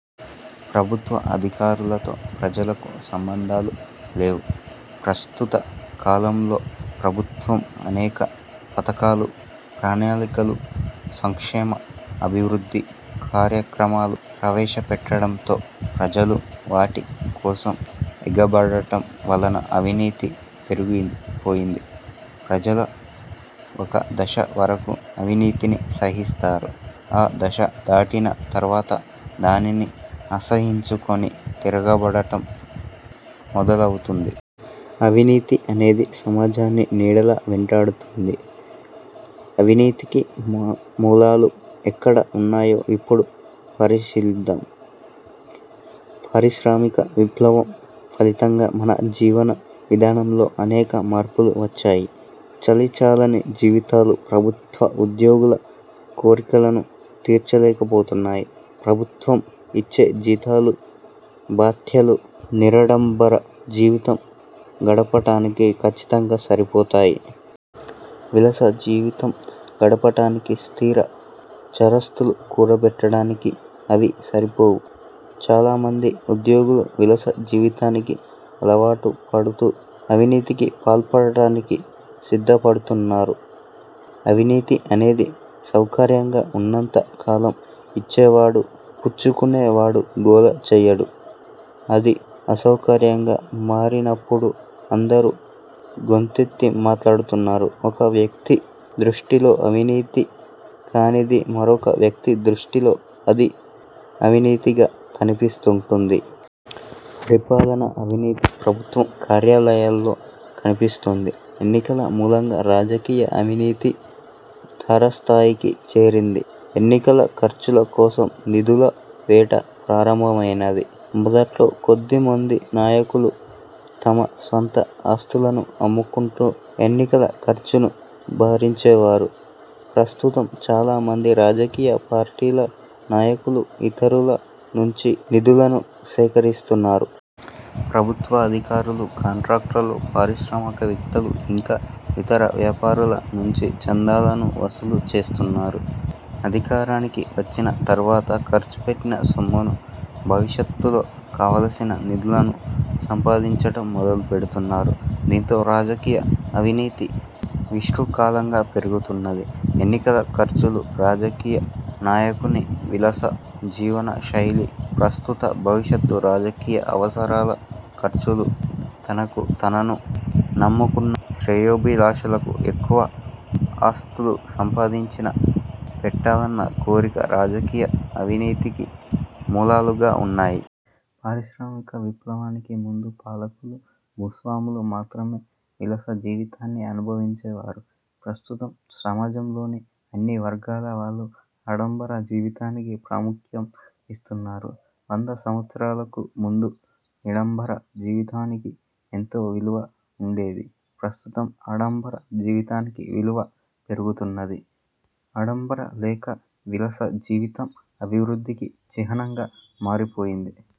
ప్రభుత్వ అధికారులతో ప్రజలకు సంబంధాలు లేవు. ప్రస్తుత కాలంలో ప్రభుత్వం అనేక పథకాలు, ప్రణాళికలు, సంక్షేమ, అభివృద్ధి కార్యక్రమాలు ప్రవేశపెట్టడంతో ప్రజలు వాటి కోసం ఎగబడటం వలన అవినీతి పెరిగిపోయింది. ప్రజలు ఒక దశ వరకు అవినీతిని సహిస్తారు. ఆ దశ దాటిన తర్వాత దానిని అసహ్యించుకుని తిరగబడటం మొదలవుతుంది. అవినీతి అనేది సమాజాన్ని నీడలా వెంటాడుతున్నది. అవినీతికి మూలాలు ఎక్కడ ఉన్నాయో ఇప్పుడు పరిశీలిద్దాం. పారిశ్రామిక విప్లవం ఫలితంగా మన జీవన విధానంలో అనేక మార్పులు వచ్చాయి. చాలీచాలని జీతాలు ప్రభుత్వ ఉద్యోగుల కోర్కెలను తీర్చలేకపోతున్నాయి. ప్రభుత్వం ఇచ్చే జీతాలు, భత్యాలు నిరాడంబర జీవితం గడపటానికి ఖచ్చితంగా సరిపోతాయి. విలాస జీవితం గడపటానికి, స్థిర, చరాస్తులు కూడబెట్టడానికి అవి సరిపోవు. చాలామంది ఉద్యోగులు విలాస జీవితానికి అలవాటుపడుతూ అవినీతికి పాల్పడటానికి సిద్ధపడుతున్నారు. అవినీతి అనేది సౌకర్యంగా ఉన్నంత కాలం ఇచ్చేవాడు, పుచ్చుకునేవాడు గోల చేయరు. అది అసౌకర్యంగా మారినప్పుడు అందరూ గొంతెత్తి మాట్లాడుతున్నారు. ఒక వ్యక్తి దృష్టిలో అవినీతి కానిది మరొక వ్యక్తి దృష్టిలో అది అవినీతిగా కనిపిస్తుంటుంది. పరిపాలన అవినీతి ప్రభుత్వ కార్యాలయాల్లో కనిపిస్తుంది. ఎన్నికల మూలంగా రాజకీయ అవినీతి తారస్థాయికి చేరింది. ఎన్నికల ఖర్చుల కోసం నిధుల వేట ప్రారంభమైనది. మొదట్లో కొద్దిమంది నాయకులు తమ స్వంత ఆస్తులను అమ్ముకుంటూ ఎన్నికల ఖర్చును భరించేవారు. ప్రస్తుతం చాలామంది రాజకీయ పార్టీల నాయకులు ఇతరుల నుంచి నిధులను సేకరిస్తున్నారు. ప్రభుత్వాధికారులు, కాంట్రాక్టర్లు, పారిశ్రామికవేత్తలు, ఇంకా ఇతర వ్యాపారుల నుంచి చందాలను వసూలు చేస్తున్నారు. అధికారానికి వచ్చిన తర్వాత ఖర్చుపెట్టిన సొమ్మును భవిష్యత్తులో కావలసిన నిధులను సంపాదించటం మొదలుపెడుతున్నారు. దీనితో రాజకీయ అవినీతి విశృంఖలంగా పెరిగిపోతున్నది. ఎన్నికల ఖర్చులు, రాజకీయ నాయకుని విలాస జీవన శైలి, ప్రస్తుత, భవిష్యత్తు రాజకీయ అవసరాల ఖర్చులు, తనకు, తనను నమ్ముకున్న శ్రేయోభిలాషులకు ఎక్కువ ఆస్తులు సంపాదించి పెట్టాలన్న కోరిక రాజకీయ అవినీతికి మూలాలుగా ఉన్నాయి. పారిశ్రామిక విప్లవానికి ముందు పాలకులు, భూస్వాములు మాత్రమే విలాస జీవితాన్ని అనుభవించేవారు. ప్రస్తుతం సమాజంలోని అన్నివర్గాల వాళ్ళు ఆడంబర జీవితానికి ప్రాముఖ్యం ఇస్తున్నారు. వంద సంవత్సరాలకు ముందు నిరాడంబర జీవితానికి ఎంతో విలువ ఉండేది. ప్రస్తుతం ఆడంబర జీవితానికి విలువ పెరుగుతున్నది. ఆడంబర లేక విలాస జీవితం అభివృద్ధికి చిహ్నంగా మారిపోయింది.